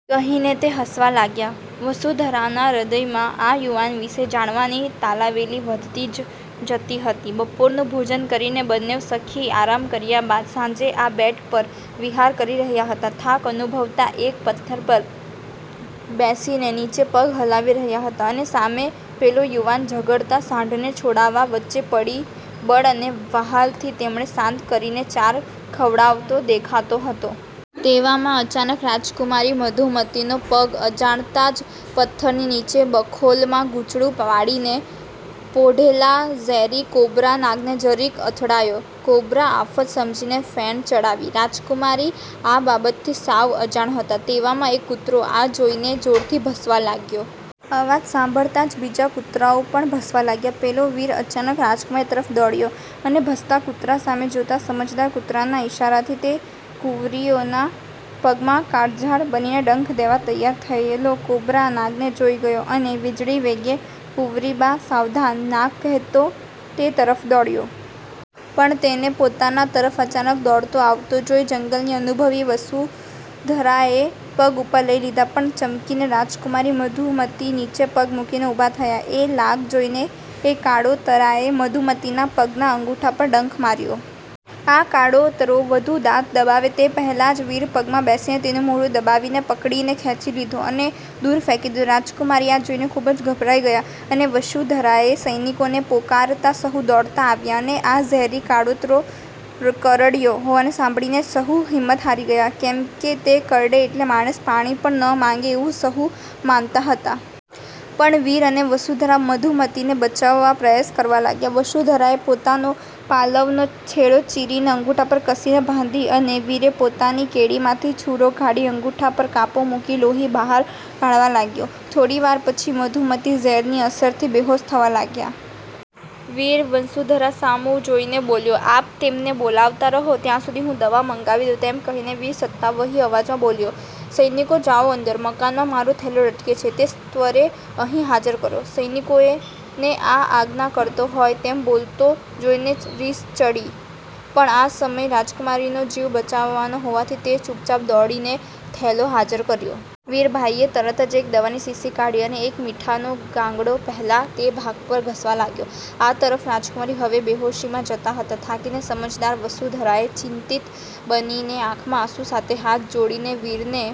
કહીને તે હસવા લાગ્યાં. વસુંધરાનાં હ્નદયમાં આ યુવાન વિશે જાણવાની તાલાવેલી વધતી જ જતી હતી. બપોરનું ભોજન કરીને બંને સખી આરામ કર્યા બાદ સાંજે આ બેટ પર વિહાર કરી રહ્યાં હતાં. થાક અનુભવતાં એક પથ્થર પર બેસીને નીચે પગ હલાવી રહ્યાં હતાં અને સામે પેલો યુવાન ઝગડતાં સાંઢને છોડાવા વચ્ચે પડી બળ અને વ્હાલથી તેમણે શાંત કરીને ચાર ખવડાવતો દેખાતો હતો. તેવામાં અચાનક રાજકુમારી મધુમતીનો પગ અજાણતાં જ પથ્થરની નીચે બખોલમાં ગુંચળું વાળીને પોઢેલા ઝેરી કોબ્રા નાગને જરીક અથડાયો. કોબ્રા આફત સમજીને ફેણ ચડાવી. રાજકુમારી આ બાબતથી સાવ અજાણ હતાં. તેવામાં એક કૂતરો આ જોઈને જોરથી ભસવા લાગ્યો. અવાજ સાંભળતાં જ બીજા કુતરાંઓ પણ ભસવા લાગ્યાં. પેલો વીર અચાનક રાજકુમારી તરફ દોડ્યો અને ભસતાં કુતરાં સામે જોતાં સમજદાર કુતરાના ઇશારાથી તે કુંવરીઓના પગમાં કાળઝાળ બનીને ડંખ દેવા તૈયાર થયેલો કોબ્રા નાગને જોઈ ગયો અને વીજળી વેગે "કુંવરીબા સાવધાન, નાગ" કહેતો તે તરફ દોડ્યો. પણ તેને પોતાનાં તરફ અચાનક દોડતો આવતો જોઈ જંગલની અનુભવી વસુંધરાએ પગ ઉપર લઈ લીધા પણ ચમકીને રાજકુમારી મધુમતી નીચે પગ મૂકીને ઊભાં થયાં. એ લાગ જોઈને એ કાળોતરાએ મધુમતીનાં પગનાં અંગુઠા પર ડંખ માર્યો. આ કાળોતરો વઘુ દાંત દબાવે તે પહેલાં જ વીર પગમાં બેસીને તેનું મોઢું દબાવીને પકડીને ખેંચી લીધો અને દુર ફેંકી દીધો. રાજકુમારી આ જોઈને ખુબ જ ગભરાઈ ગયાં અને વસુંધરાએ સૈનિકોને પોકારતાં સહુ દોડતાં આવ્યાં, અને આ ઝેરી કાળોતરો કરડ્યો હોવાનું સાંભળીને જ સહુ હિંમત હારી ગયાં, કેમ કે તે કરડે એટલે માણસ પાણી પણ ન માંગે એવું સહુ માનતા હતાં. પણ વીર અને વસુંધરા મધુમતીને બચાવવાં પ્રયાસ કરવા લાગ્યાં. વસુંધરાએ પોતાનો પાલવનો છેડો ચીરીને અંગુઠા પર કસીને બાંધી અને વીરે પોતાની કેડમાંથી છૂરો કાઢી અંગુઠા પર કાપો મૂકી લોહી બહાર કાઢવાં લાગ્યો. થોડીવાર પછી મધુમતી ઝેરની અસરથી બેહોશ થવાં લાગ્યાં. વીર વસુંધરા સામું જોઈને બોલ્યો,"આપ તેમને બોલાવતાં રહો, ત્યાં સુધી હું દવા મંગાવી દઉ" તેમ કહીને વીર સત્તાવહી અવાજમાં બોલ્યો,"સૈનિકો જાવો અંદર મકાનમાં મારો થેલો લટકે છે, તે સત્વરે અહીં હાજર કરો." સૈનિકોને આ આજ્ઞા કરતો હોય તેમ બોલતો જોઈને રીસ ચડી પણ આ સમય રાજકુમારીનો જીવ બચાવવાનો હોવાથી તે ચુપચાપ દોડીને થેલો હાજર કર્યોં. વીરભાઈએ તરત જ એક દવાની શીશી કાઢી અને એક મીઠાનો ગાંગડો પહેલાં તે ભાગ પર ઘસવાં લાગ્યો. આ તરફ રાજકુમારી હવે બેહોશીમાં જતાં હતાં. થાકીને સમજદાર વસુંધરાએ ચિંતિત બનીને આંખમાં આંસું સાથે હાથ જોડીને વીરને